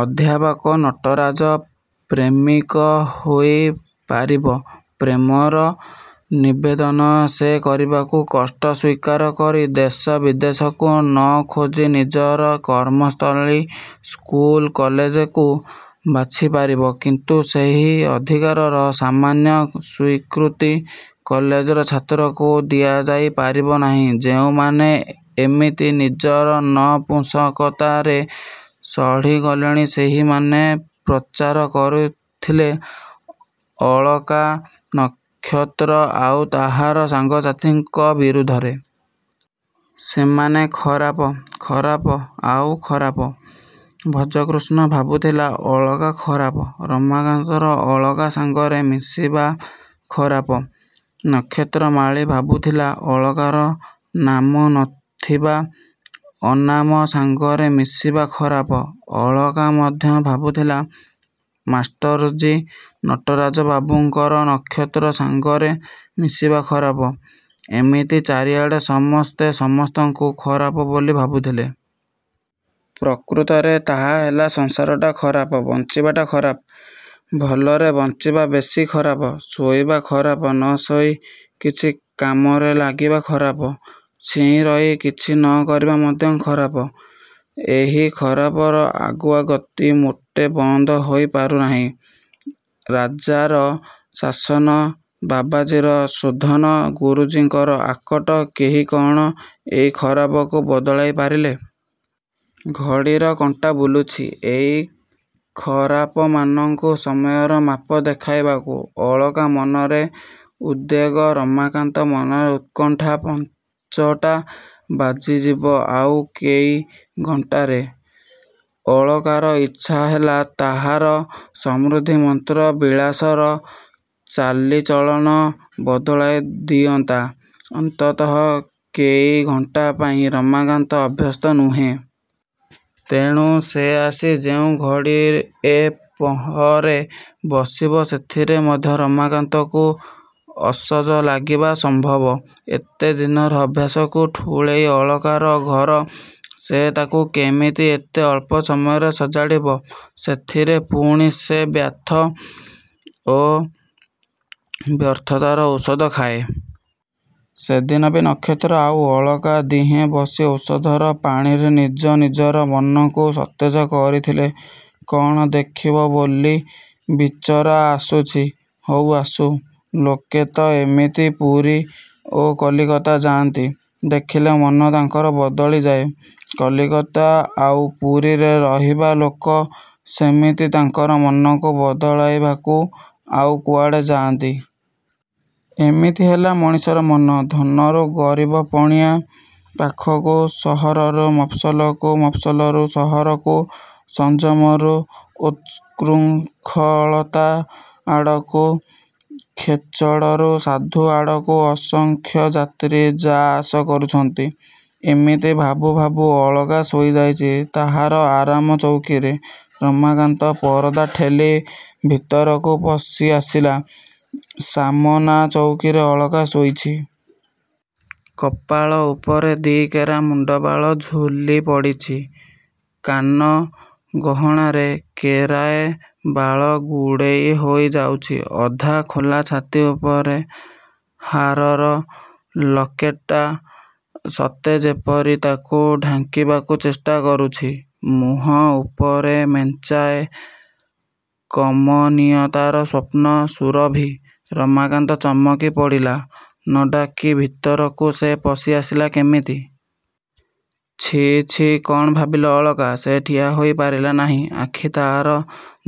ଅଧ୍ୟାପକ ନଟରାଜ ପ୍ରେମିକ ହେଇ ପାରିବ। ପ୍ରେମର ନିବେଦନ ସେ କରିବାକୁ କଷ୍ଟ ସ୍ୱୀକାର କରି ଦେଶ ବିଦେଶକୁ ନ ଖୋଜି ନିଜର କର୍ମସ୍ଥଳୀ ସ୍କୁଲ କଲେଜକୁ ବାଛି ପାରିବ; କିନ୍ତୁ ସେହି ଅଧିକାରର ସାମାନ୍ୟ ସ୍ୱୀକୃତି କଲେଜର ଛାତ୍ରକୁ ଦିଆଯାଇ ପାରିବ ନାହିଁ। ଯେଉଁମାନେ ଏମିତି ନିଜର ନପୁଂସକତାରେ ସଢ଼ି ଗଲେଣି ସେହିମାନେ ପ୍ରଚାର କରୁଥିଲେ ଅଳକା, ନକ୍ଷତ୍ର ଆଉ ତାହାର ସାଙ୍ଗସାଥୀଙ୍କ ବିରୁଦ୍ଧରେ। ସେମାନେ ଖରାପ-ଖରାପ-ଆଉ ଖରାପ। ଭଜକୃଷ୍ଣ ଭାବୁଥିଲା-ଅଳକା ଖରାପ। ରମାକାନ୍ତର ଅଳକା ସାଙ୍ଗରେ ମିଶିବା ଖରାପ-। ନକ୍ଷତ୍ରମାଳୀ ଭାବୁଥିଲା-ଅଳକାର ନାମ ନ ଥିବା ଅନାମ ସାଙ୍ଗରେ ମିଶିବା ଖରାପ-। ଅଳକା ମଧ୍ୟ ଭାବୁଥିଲା-ମାଷ୍ଟରଜୀ ନଟରାଜବାବୁଙ୍କର ନକ୍ଷତ୍ର ସାଙ୍ଗରେ ମିଶିବା ଖରାପ। ଏମିତି ଚାରିଆଡ଼େ ସମସ୍ତେ ସମସ୍ତଙ୍କୁ ଖରାପ ବୋଲି ଭାବୁଥିଲେ। ପ୍ରକୃତରେ ତାହାହେଲେ ସଂସାରଟା ଖରାପ-ବଞ୍ଚିବାଟା ଖରାପ। ଭଲରେ ବଞ୍ଚିବା ବେଶି ଖରାପ। ଶୋଇବା ଖରାପ-ନ ଶୋଇ କିଛି କାମରେ ଲାଗିବା ଖରାପ। ଚେଇଁରହି କିଛି ନ କରିବା ମଧ୍ୟ ଖରାପ। ଏହି ଖରାପର ଆଗୁଆ ଗତି ମୋଟେ ବନ୍ଦ ହେଇ ପାରୁନାହିଁ। ରାଜାର ଶାସନ, ବାବାଜୀର ଶୋଧନ, ଗୁରୁଜନଙ୍କର ଆକଟ-କେହି କ'ଣ ଏଇ ଖରାପକୁ ବଦଳାଇ ପାରିଲେ? ଘଡ଼ିର କଣ୍ଟା ବୁଲୁଛି ଏହି ଖରାପମାନଙ୍କୁ ସମୟର ମାପ ଦେଖାଇବାକୁ। -ଅଳକା ମନରେ ଉଦ୍ବେଗ। -ରମାକାନ୍ତ ମନରେ ଉତ୍କଣ୍ଠା। ପାଞ୍ଚଟା ବାଜିଯିବ ଆଉ କେଇ ଘଣ୍ଟାରେ। ଅଳକାର ଇଚ୍ଛା ହେଲା ତାହାର ସମୃଦ୍ଧିମନ୍ତ ବିଳାସର ଚାଲିଚଳନ ବଦଳାଇ ଦିଅନ୍ତା-ଅନ୍ତତଃ କେଇ ଘଣ୍ଟା ପାଇଁ। ରମାକାନ୍ତ ଅଭ୍ୟସ୍ତ ନୁହେଁ। ତେଣୁ ସେ ଆସି ଯେଉଁ ଘଡ଼ିଏ ପହରେ ବସିବ ସେଥିରେ ମଧ୍ୟ ରମାକାନ୍ତକୁ ଅସଜ ଲାଗିବା ସମ୍ଭବ। ଏତେ ଦିନର ଅଭ୍ୟାସକୁ ଠୁଳେଇ ଅଳକାର ଘର। ସେ ତା'କୁ କେମିତି ଏତେ ଅଳ୍ପ ସମୟରେ ସଜାଡ଼ିବ? ସେଥିରେ ପୁଣି ସେ ବ୍ୟଥା ଓ ବ୍ୟର୍ଥତାର ଔଷଧ ଖାଏ। ସେଦିନ ବି ନକ୍ଷତ୍ର ଆଉ ଅଳକା ଦିହେଁ ବସି ଔଷଧର ପାଣିରେ ନିଜ ନିଜର ମନକୁ ସତେଜ କରିଥିଲେ। -କ'ଣ ଦେଖିବ ବୋଲି ବିଚରା ଆସୁଛି? -ହଉ, ଆସୁ। ଲୋକେ ତ ଏମିତି ପୁରୀ ଓ କଲିକତା ଯାଆନ୍ତି-ଦେଖିଲେ ମନ ତାଙ୍କର ବଦଳିଯାଏ। କଲିକତା ଆଉ ପୁରୀରେ ରହିବା ଲୋକ ସେମିତି ତାଙ୍କର ମନକୁ ବଦଳାଇବାକୁ ଆଉ କୁଆଡ଼େ ଯାଆନ୍ତି। ଏମିତି ହେଲା ମଣିଷର ମନ-ଧନରୁ ଗରିବ ପଣିଆ ପାଖକୁ-ସହରରୁ ମଫସଲକୁ-ମଫସଲରୁ ସହରକୁ-ସଂଯମରୁ ଉତ୍ସୃଙ୍ଖଳତା ଆଡ଼କୁ-ଖେଚଡ଼ରୁ ସାଧୁ ଆଡ଼କୁ-ଅସଂଖ୍ୟ ଯାତ୍ରୀ ଯା ଆସ କରୁଛନ୍ତି। ଏମିତି ଭାବୁ ଭାବୁ ଅଳକା ଶୋଇ ଯାଇଛି ତାହାର ଆରାମ ଚଉକୀରେ। ରମାକାନ୍ତ ପରଦା ଠେଲି ଭିତରକୁ ପଶି ଆସିଲା। ସାମନା ଚଉକୀରେ ଅଳକା ଶୋଇଛି। କପାଳ ଉପରେ ଦି'କେରା ମୁଣ୍ଡବାଳ ଝୁଲି ପଡ଼ିଛି। କାନ ଗହଣାରେ କେରାଏ ବାଳ ଗୁଡ଼େଇ ହେଇ ଯାଇଛି। ଅଧା ଖୋଲା ଛାତି ଉପରେ ହାରର ଲକେଟ୍ଟା ସତେ ଯେପରି ତାକୁ ଢାଙ୍କିବାକୁ ଚେଷ୍ଟା କରୁଛି। ମୁଁହ ଉପରେ ମେଞ୍ଚାଏ କମନୀୟତାର ସ୍ୱପ୍ନ-ସୁରଭି। ରମାକାନ୍ତ ଚମକି ପଡ଼ିଲା-ନ ଡାକି ଭିତରକୁ ସେ ପଶି ଆସିଲା କେମିତି? -ଛି, ଛି-କ'ଣ ଭାବିବ ଅଳକା? ସେ ଠିଆ ହୋଇ ପାରିଲା ନାହିଁ। ଆଖି ତାହାର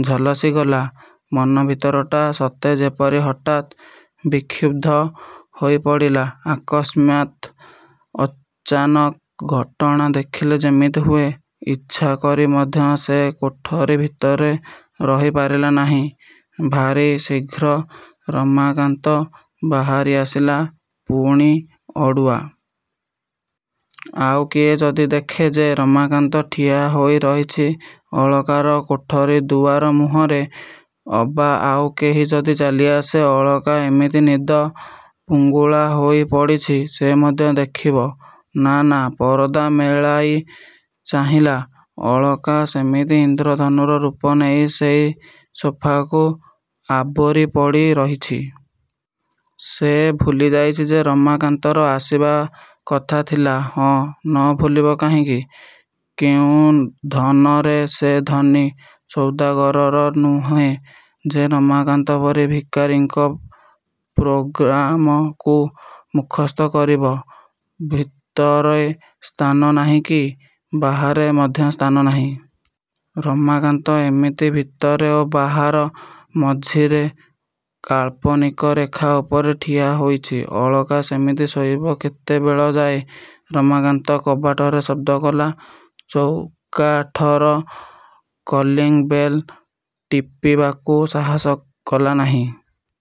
ଝଲସିଗଲା। ମନ ଭିତରଟା ସତେ ଯେପରି ହଠାତ୍ ବିକ୍ଷୁବ୍ଧ ହୋଇ ପଡ଼ିଲା-ଅକସ୍ମାତ୍ ଅଚାନକ ଘଟଣା ଦେଖିଲେ ଯେମିତି ହୁଏ। ଇଚ୍ଛାକରି ମଧ୍ୟ ସେ କୋଠରୀ ଭିତରେ ରହିପାରିଲା ନାହିଁ। ଭାରି ଶୀଘ୍ର ରମାକାନ୍ତ ବାହାରି ଆସିଲା-ପୁଣି ଅଡ଼ୁଆ। ଆଉ କିଏ ଯଦି ଦେଖେ ଯେ ରମାକାନ୍ତ ଠିଆ ହୋଇ ରହିଛି ଅଳକାର କୋଠରୀ ଦୁଆର ମୁହଁରେ। ଅବା ଆଉ କେହି ଯଦି ଚାଲିଆସେ-ଅଳକା ଏମିତି ନିଦ-ଫୁଙ୍ଗୁଳା ହେଇ ପଡ଼ିଛି-ସେ ମଧ୍ୟ ଦେଖିବ? -ନା-ନା। ପରଦା ମେଳାଇ ଚାହିଁଲା। ଅଳକା ସେମିତି ଇନ୍ଦ୍ରଧନୁର ରୂପ ନେଇ ସେଇ ସୋଫାକୁ ଆବୋରି ପଡ଼ି ରହିଛି। ସେ ଭୁଲି ଯାଇଛି ଯେ ରମାକାନ୍ତର ଆସିବା କଥା ଥିଲା ହଁ, ନ ଭୁଲିବ କାହିଁକି? କେଉଁ ଧନରେ ସେ ଧନୀ ସୌଦାଗର ନୁହେଁ ଯେ ରମାକାନ୍ତ ପରି ଭିକାରୀଙ୍କର ପ୍ରୋଗାମକୁ ମୁଖସ୍ଥ କରିବ? ଭିତରେ ସ୍ଥାନ ନାହିଁ। କି ବାହାରେ ମଧ୍ୟ ସ୍ଥାନ ନାହିଁ। ରମାକାନ୍ତ ଏମିତି ଭିତରେ ଓ ବାହାର ମଝିରେ କାଳ୍ପନିକ ରେଖା ଉପରେ ଠିଆ ହୋଇଛି। ଅଳକା ସେମିତି ଶୋଇବ କେତେବେଳ ଯାଏ? ରମାକାନ୍ତ କବାଟରେ ଶବ୍ଦ କଲା। ଚୌକାଠର କଲିଙ୍ଗ୍ ବେଲ୍ ଟିପିବାକୁ ସାହସ କଲା ନାହିଁ।